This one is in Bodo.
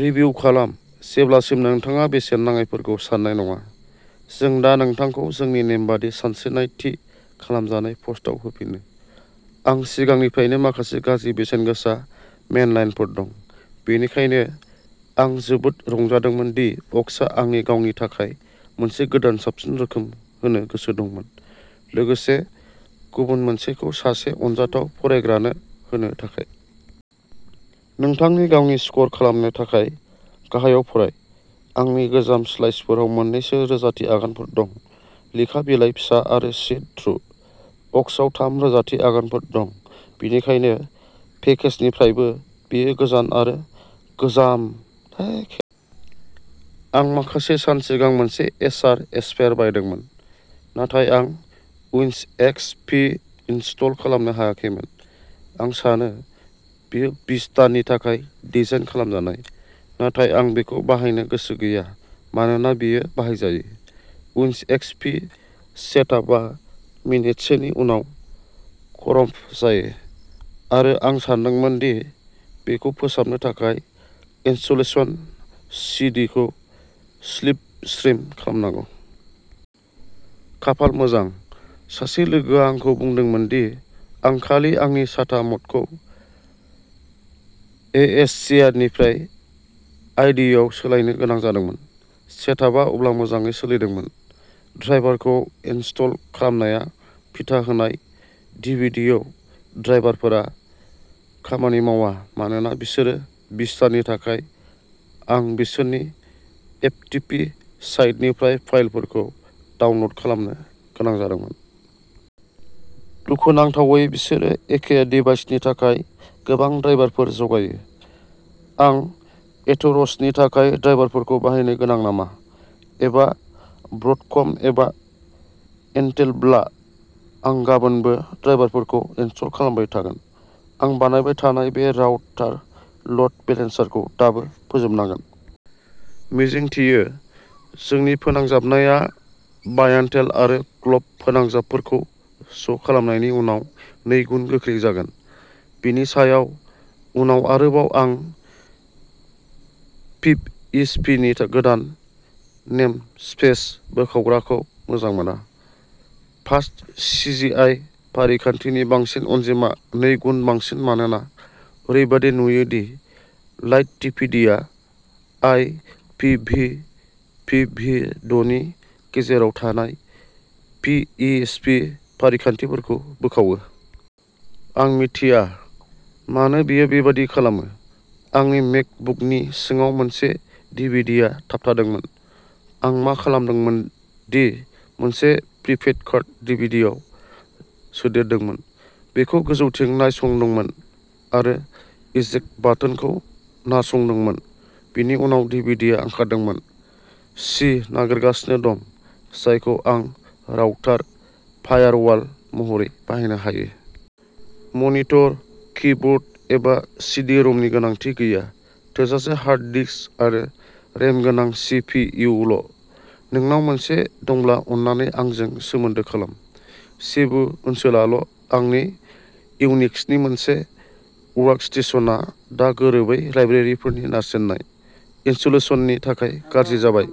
रिभिउ खालाम जेब्लासिम नोंथाङा बेसेन नाङैफोरखौ सान्नाय नङा। जों दा नोंथांखौ जोंनि नेमबादि सानस्रिनाय थि खालामजानाय पस्टआव होफिनो। आं सिगांनिफ्रायनो माखासे गाज्रि बेसेनगोसा मेनडलाइनफोर दं, बेनिखायनो आं जोबोद रंजादोंमोन दि अक्स'आ आंनि गावनि थाखाय मोनसे गोदान साबसिन रोखोम होनो गोसो दंमोन, लोगोसे गुबुन मोनसेखौ सासे अनजाथाव फरायग्रानो होनो थाखाय। नोंथांनि गावनि स्कर खालामनो थाखाय गाहायाव फराय। आंनि गोजाम स्लाइसारफोराव मोननैल' रोजाथि आगानफोर दं, लेखा बिलाइ फिसा आरो सि थ्रु। अक्स'आव थाम रोजाथि आगानफोर दं। बेनिखायनो पेकेजनिफ्रायबो बेयो गोजान आरो गोजान साबसिन नङामोन। आं माखासे सान सिगां मोनसे एसार एस्पायर बायदोंमोन, नाथाय आं उइन्ड'ज एक्स पि इनस्टल खालामनो हायाखैमोन। आं सानो बेयो भिस्टानि थाखाय डिजाइन खालामजानाय, नाथाय आं बेखौ बाहायनो गोसो गैया मानोना बेयो बाहायजायै। उइन्ड'ज एक्स पि सेटआपआ मिनिटसेनि उनाव क'रम्प जायो, आरो आं सानदोंमोन दि बेखौ फोसाबनो थाखाय इनस्टलेशन सि डि खौ स्लिपस्ट्रिम खालामनांगौ। खाफाल मोजां सासे लोगोआ आंखौ बुंदोंमोन दि आं खालि आंनि साटा म'डखौ एएचसिआइनिफ्राय आइडिइआव सोलायनो गोनां जादोंमोन। सेटआपआ अब्ला मोजाङै सोलिदोंमोन। ड्राइभारफोरखौ इनस्टल खालामनाया पिटा होनाय डिभिडिआव ड्राइभारफोरा खामानि मावा मानोना बिसोरो भिस्टानि थाखाय आं बिसोरनि एफटिपि साइटनिफ्राय फाइलफोरखौ डाउनल'ड खालामनो गोनां जादोंमोन। दुखुनांथावै बिसोरो एखे डिभाइसनि थाखाय गोबां ड्राइभारफोर जगायो। आं एथेर'सनि थाखाय ड्राइभारखौ बाहायनो गोनां नामा? एबा ब्रडकम एबा इन्टेलब्ला आं गाबोनबो ड्राइभारफोरखौ इनस्टल खालामबाय थागोन। आं बानायबाय थानाय बे राउटार ल'ड बेलेन्सारखौ दाबो फोजोबनांगोन। मिजिंथियो, जोंनि फोनांजाबनाया बायान्टेल आरो ग्ल'ब फोनांजाबफोरखौ ज' खालामनायनि उनाव नैगुन गोख्रै जागोन। बेनि सायाव उनाव आरोबाव आं पिएइचपिनि गोदान नेमस्पेस बोखावग्राखौ मोजां मोना। फास्टसिजिआइ फारिखान्थिनि बांसिन अनजिमा नैगुन बांसिन मानोना ओरैबायदि नुयो दि लाइटटिपिडिआ I P V P V द'नि गेजेराव थानाय पिएइचपि फारिखान्थिफोरखौ बोखावो। आं मिथिया मानो बेयो बेबादि खालामो। आंनि मेकबुकनि सिङाव मोनसे डिभिडिया थाबथादोंमोन। आं मा खालामदोंमोन दि मोनसे प्रिपेइड कार्ड डिभिडियाव सोदेरदोंमोन, बेखौ गोजौथिं नारसंदोंमोन आरो इजेक्ट बाटोनखौ नारसंदोंमोन। बेनि उनाव डिभिडिया ओंखारदोंमोन। सि नागिरगासिनो दं जायखौ आं राउटार फायारवाल महरै बाहायनो हायो। मनिटर, कीबोर्ड, एबा सि डि रमनि गोनांथि गैया। थोजासे हार्ड डिस्क आरो रेम गोनां सि पि इउ ल'। नोंनाव मोनसे दंब्ला अन्नानै आंजों सोमोन्दो खालाम। सेबु ओनसोलाल' आंनि इउनिक्सनि मोनसे वर्कस्टेशनआ दा गोरोबै लाइब्रेरिफोरनि नारसिननाय इनस्टलेशननि थाखाय गाज्रि जाबाय।